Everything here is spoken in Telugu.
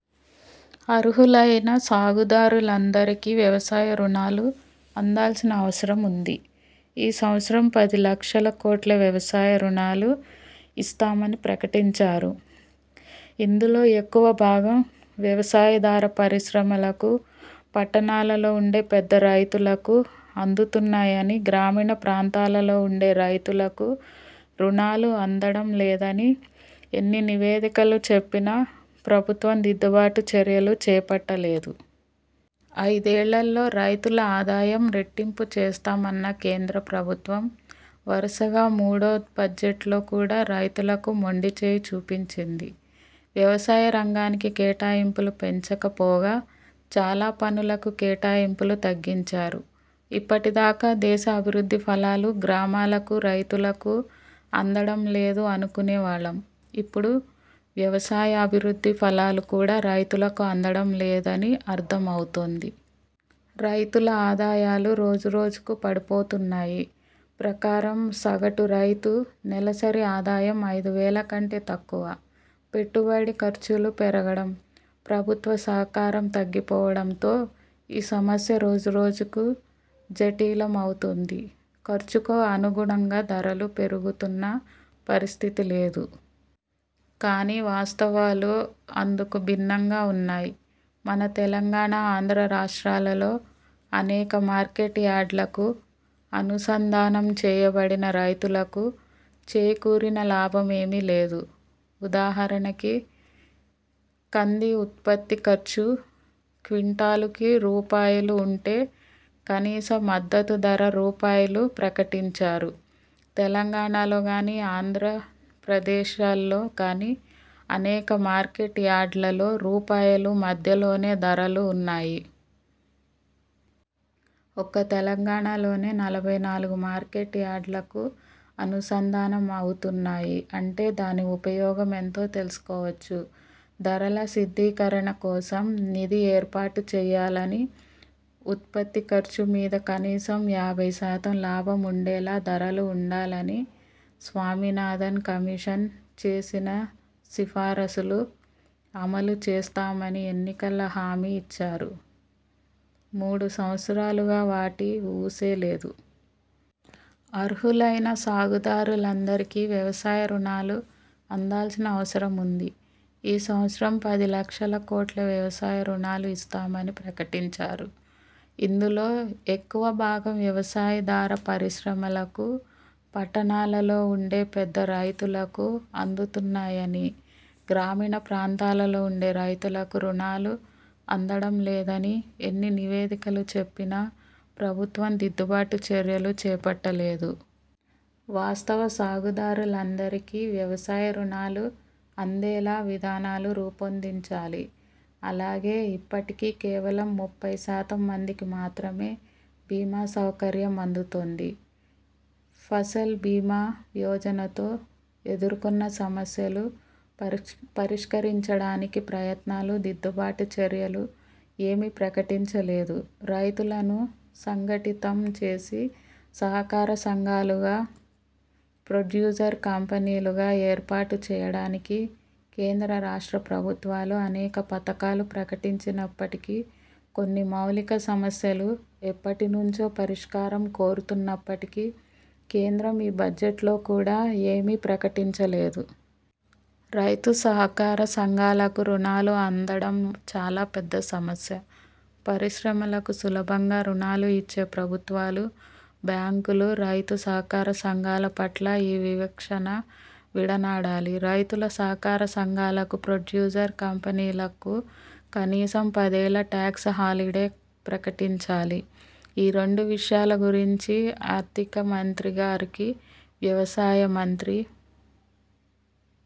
అర్హులైన సాగుదారులందరికీ వ్యవసాయ రుణాలు అందాల్సిన అవసరం వుంది. ఈ సంవత్సరం పది లక్షల కోట్లు వ్యవసాయ రుణాలు ఇస్తామని ప్రకటించారు. ఇందులో ఎక్కువ భాగం వ్యవసాయాధార పరిశ్రమలకు, పట్టణాలలో వుండే పెద్ద రైతులకు అందుతున్నాయని, గ్రామీణ ప్రాంతంలో వుండే రైతులకు రుణాలు అందటం లేదని ఎన్ని నివేదికలు చెప్పినా ప్రభుత్వం దిద్దుబాటు చర్యలు చేపట్టలేదు. ఐదేళ్ళల్లో రైతుల ఆదాయం రెట్టింపు చేస్తాం అన్న కేంద్ర ప్రభుత్వం వరుసగా మూడో బడ్జెట్లో కూడా రైతులకు మొండి చేయి చూపింది. వ్యవసాయ రంగానికి కేటాయింపులు పెంచక పోగా, చాలా పనులకు కేటాయింపులు తగ్గించారు. ఇప్పటి దాకా దేశ అభివృద్ధి ఫలాలు గ్రామాలకు రైతులకు అందడం లేదు అనుకునే వాళ్ళం ఇప్పడు వ్యవసాయ అభివృద్ధి ఫలాలు కూడా రైతులకు అందడం లేదని అర్థం అవుతోంది. రైతుల ఆదాయాలు రోజు రోజుకు పడిపోతున్నాయి ప్రకారం సగటు రైతు నెలసరి ఆదాయం ఐదు వేల కంటే తక్కువ. పెట్టుబడి ఖర్చులు పెరగడం, ప్రభుత్వ సహకారం తగ్గిపోవడం తో ఈ సమస్య రోజు రోజుకు జటిల మవుతోంది. ఖర్చుకు అనుగుణంగా ధరలు పెరుగుతున్న పరిస్థితి లేదు. కానీ వాస్తవాలు అందుకు భిన్నంగా వున్నాయి. మన తెలంగాణ, ఆంధ్ర రాష్ట్రాల్లో అనేక మార్కెట్ యార్డులు కు అనుసంధానం చేయబడినా రైతులకు చేకూరిన లాభం ఏమీ లేదు. ఉదాహరణకి కంది ఉత్పత్తి ఖర్చు క్వింటాలుకి రూపాయలు వుంటే కనీస మద్దతు ధర రూపాయలు. ప్రకటించారు. తెలంగాణలో కానీ, ఆంధ్రప్రదేలశ్లో కానీ అనేక మార్కెట్ యార్డులలో రూపాయలు మధ్యలోనే ధరలు వున్నాయి. ఒక్క తెలంగాణ లోనే నలభై నాలుగు మార్కెట్ యార్డులు కు అనుసంధానం అయివున్నాయి అంటే దాని ఉపయోగం ఎంతో తెలుసుకోవచ్చు. ధరల స్థిరీకరణ కోసం నిధి ఏర్పాటు చేయాలనీ, ఉత్పత్తి ఖర్చు మీద కనీసం యాభై శాతం లాభం ఉండేలా ధరలు వుండాలని స్వామినాథన్ కమిషన్ చేసిన సిఫారసులు అమలు చేస్తామని ఎన్నికల హామీ ఇచ్చిరూ, మూడు సంవత్సరాలుగా వాటి ఊసే లేదు. అర్హులైన సాగుదారులందరికీ వ్యవసాయ రుణాలు అందాల్సిన అవసరం వుంది. ఈ సంవత్సరం పది లక్షల కోట్లు వ్యవసాయ రుణాలు ఇస్తామని ప్రకటించారు. ఇందులో ఎక్కువ భాగం వ్యవసాయాధార పరిశ్రమలకు, పట్టణాలలో వుండే పెద్ద రైతులకు అందుతున్నాయని, గ్రామీణ ప్రాంతంలో వుండే రైతులకు రుణాలు అందడం లేదని ఎన్ని నివేదికలు చెప్పినా ప్రభుత్వం దిద్దుబాటు చర్యలు చేపట్టలేదు. వాస్తవ సాగుదారులకందరికీ వ్యవసాయ రుణాలు అందేలా విధానాలు రూపొందించాలి. అలాగే ఇప్పటికీ కేవలం ముప్పై శాతం మందికి మాత్రమే బీమా సౌకర్యం అందుతోంది. ఫసల్ భీమా యోజనతో ఎదుర్కొన్న సమస్యలు పారిష్ పరిష్కరించటానికి ప్రయత్నాలు, దిద్దుబాటు చర్యలు ఏమీ ప్రకటించలేదు. రైతులను సంఘటితం చేసి సహకార సంఘాలుగా, ప్రొడ్యూసర్ కంపెనీలుగా ఏర్పాటు చేయటానికి కేంద్ర రాష్ట్ర ప్రభుత్వాలు అనేక పథకాలు ప్రకటించినప్పటికీ, కొన్ని మౌలిక సమస్యలు ఎప్పటి నుంచో పరిష్కారం కోరుతున్నప్పటికీ కేంద్రం ఈ బడ్జెట్లో కూడా ఏమీ ప్రకటించలేదు. రైతు సహకార సంఘాలకు రుణాలు అందడం చాలా పెద్ద సమస్య. పరిశ్రమలకు సులభంగా రుణాలు ఇచ్చే ప్రభుత్వాలు, బ్యాంకులు రైతు సహకార సంఘాల పట్ల ఈ వివక్షను విడనాడాలి. రైతుల సహకార సంఘాలకు, ప్రొడ్యూసర్ కంపెనీలకు కనీసం పదేళ్ళు టాక్స్ హాలిడే ప్రకటించాలి. ఈ రెండు విషయాల గురించి ఆర్థిక మంత్రి గారికి, వ్యవసాయ మంత్రి